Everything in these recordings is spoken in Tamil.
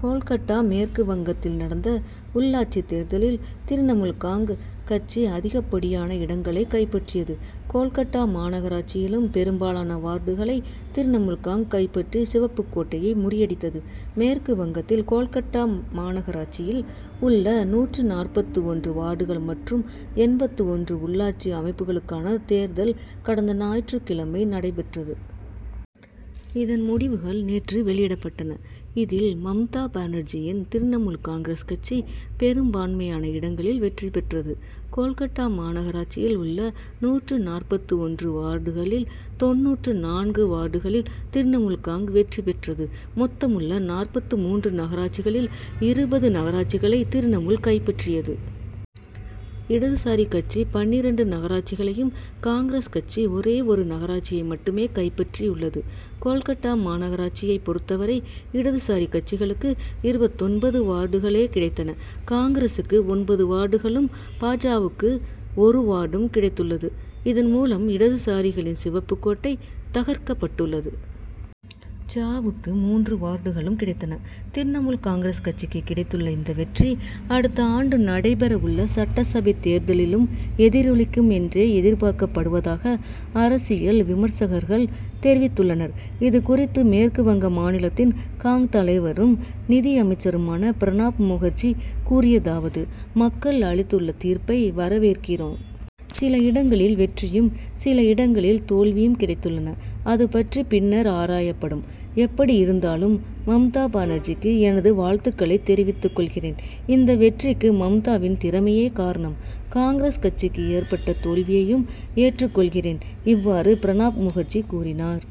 கோல்கட்டா மேற்குவங்கத்தில் நடந்த உள்ளாட்சித் தேர்தலில் திரிணமுல் காங்., கட்சி அதிகப்படியான இடங்களை கைப்பற்றியது. கோல்கட்டா மாநகராட்சியிலும் பெரும்பாலான வார்டுகளை திரிணமுல் காங்., கைப்பற்றி, சிவப்புக் கோட்டை'யை முறியடித்தது. மேற்குவங்கத்தில் கோல்கட்டா மாநகராட்சியில் உள்ள நூற்று நாற்பத்து ஒன்று வார்டுகள் மற்றும் எண்பத்து ஒன்று உள்ளாட்சி அமைப்புகளுக்கான தேர்தல் கடந்த ஞாயிற்றுக் கிழமை நடைபெற்றது. இதன் முடிவுகள் நேற்று வெளியிடப்பட்டன. இதில், மம்தா பானர்ஜியின் திரிணமுல் காங்கிரஸ் கட்சி, பெரும்பான்மையான இடங்களில் வெற்றி பெற்றது. கோல்கட்டா மாநகராட்சியில் உள்ள நூற்று நாற்பத்து ஒன்று வார்டுகளில் தொண்ணூற்று நான்கு வார்டுகளில் திரிணமுல் காங்., வெற்றி பெற்றது. மொத்தமுள்ள நாற்பத்து மூன்று நகராட்சிகளில் இருபது நகராட்சிகளை திரிணமுல் கைப்பற்றியது. இடதுசாரி கட்சி பன்னிரண்டு நகராட்சிகளையும், காங்கிரஸ் கட்சி ஒரே ஒரு நகராட்சியை மட்டுமே கைப்பற்றியுள்ளது. கோல்கட்டா மாநகராட்சியைப் பொறுத்தவரை, இடதுசாரி கட்சிகளுக்கு இருபத்தொன்பது வார்டுகளே கிடைத்தன. காங்கிரசுக்கு ஒன்பது வார்டுகளும், பா. ஜ.,வுக்கு ஒரு வார்டும் கிடைத்துள்ளது. இதன் மூலம், இடதுசாரிகளின் சிவப்புக் கோட்டை தகர்க்கப்பட்டுள்ளது. ஜ.,வுக்கு மூன்று வார்டுகளும் கிடைத்தன. திரிணமுல் காங்கிரஸ் கட்சிக்கு கிடைத்துள்ள இந்த வெற்றி, அடுத்த ஆண்டு நடைபெறவுள்ள சட்டசபை தேர்தலிலும் எதிரொலிக்கும் என்றே எதிர்பார்க்கப்படுவதாக அரசியல் விமர்சகர்கள் தெரிவித்துள்ளனர். இது குறித்து மேற்கு வங்க மாநிலத்தின் காங்., தலைவரும், நிதியமைச்சருமான பிரணாப் முகர்ஜி கூறியதாவது மக்கள் அளித்துள்ள தீர்ப்பை வரவேற்கிறோம். சில இடங்களில் வெற்றியும், சில இடங்களில் தோல்வியும் கிடைத்துள்ளன. அது பற்றி பின்னர் ஆராயப்படும். எப்படியிருந்தாலும், மம்தா பானர்ஜிக்கு எனது வாழ்த்துக்களை தெரிவித்துக் கொள்கிறேன். இந்த வெற்றிக்கு மம்தாவின் திறமையே காரணம். காங்கிரஸ் கட்சிக்கு ஏற்பட்ட தோல்வியையும் ஏற்றுக் கொள்கிறேன். இவ்வாறு பிரணாப் முகர்ஜி கூறினார்.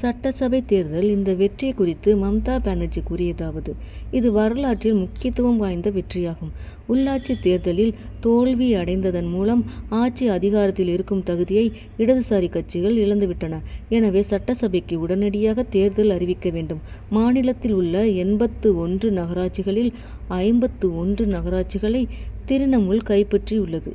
சட்டசபை தேர்தல் இந்த வெற்றி குறித்து மம்தா பானர்ஜி கூறியதாவது இது வரலாற்றில் முக்கியத்துவம் வாய்ந்த வெற்றியாகும். உள்ளாட்சி தேர்தலில் தோல்வியடைந்ததன் மூலம், ஆட்சி அதிகாரத்தில் இருக்கும் தகுதியை இடதுசாரி கட்சிகள் இழந்துவிட்டன. எனவே, சட்டசபைக்கு உடனடியாக தேர்தல் அறிவிக்க வேண்டும். மாநிலத்தில் உள்ள எண்பத்து ஒன்று நகராட்சிகளில், ஐம்பத்து ஒன்று நகராட்சிகளை திரிணமுல் கைப்பற்றியுள்ளது.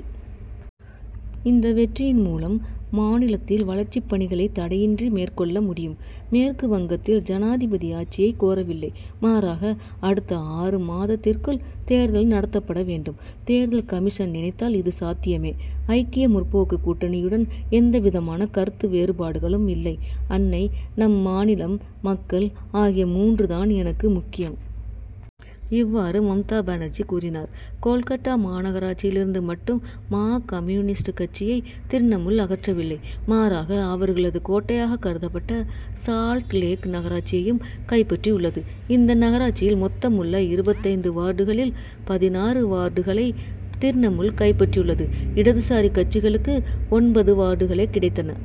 இந்த வெற்றியின் மூலம், மாநிலத்தில் வளர்ச்சிப்பணிகளை தடையின்றி மேற்கொள்ள முடியும். மேற்கு வங்கத்தில் ஜனாதிபதி ஆட்சியை கோரவில்லை, மாறாக அடுத்த ஆறு மாதத்திற்குள் தேர்தல் நடத்தப்பட வேண்டும். தேர்தல் கமிஷன் நினைத்தால் இது சாத்தியமே. ஐக்கிய முற்போக்கு கூட்டணியுடன் எந்தவிதமான கருத்து வேறுபாடுகளும் இல்லை. அன்னை, நம் மாநிலம், மக்கள் ஆகிய மூன்று தான் எனக்கு முக்கியம். இவ்வாறு மம்தா பானர்ஜி கூறினார். கோல்கட்டா மாநகராட்சியிலிருந்து மட்டும் மா. கம்யூனிஸ்ட் கட்சியை திரிணமுல் அகற்றவில்லை; மாறாக, அவர்களது கோட்டையாக கருதப்பட்ட சால்ட் லேக் நகராட்சியையும் கைப்பற்றியுள்ளது. இந்த நகராட்சியில், மொத்தமுள்ள இருபத்தைந்து வார்டுகளில் பதினாறு வார்டுகளை திரிணமுல் கைப்பற்றியுள்ளது. இடதுசாரி கட்சிகளுக்கு ஒன்பது வார்டுகளே கிடைத்தன.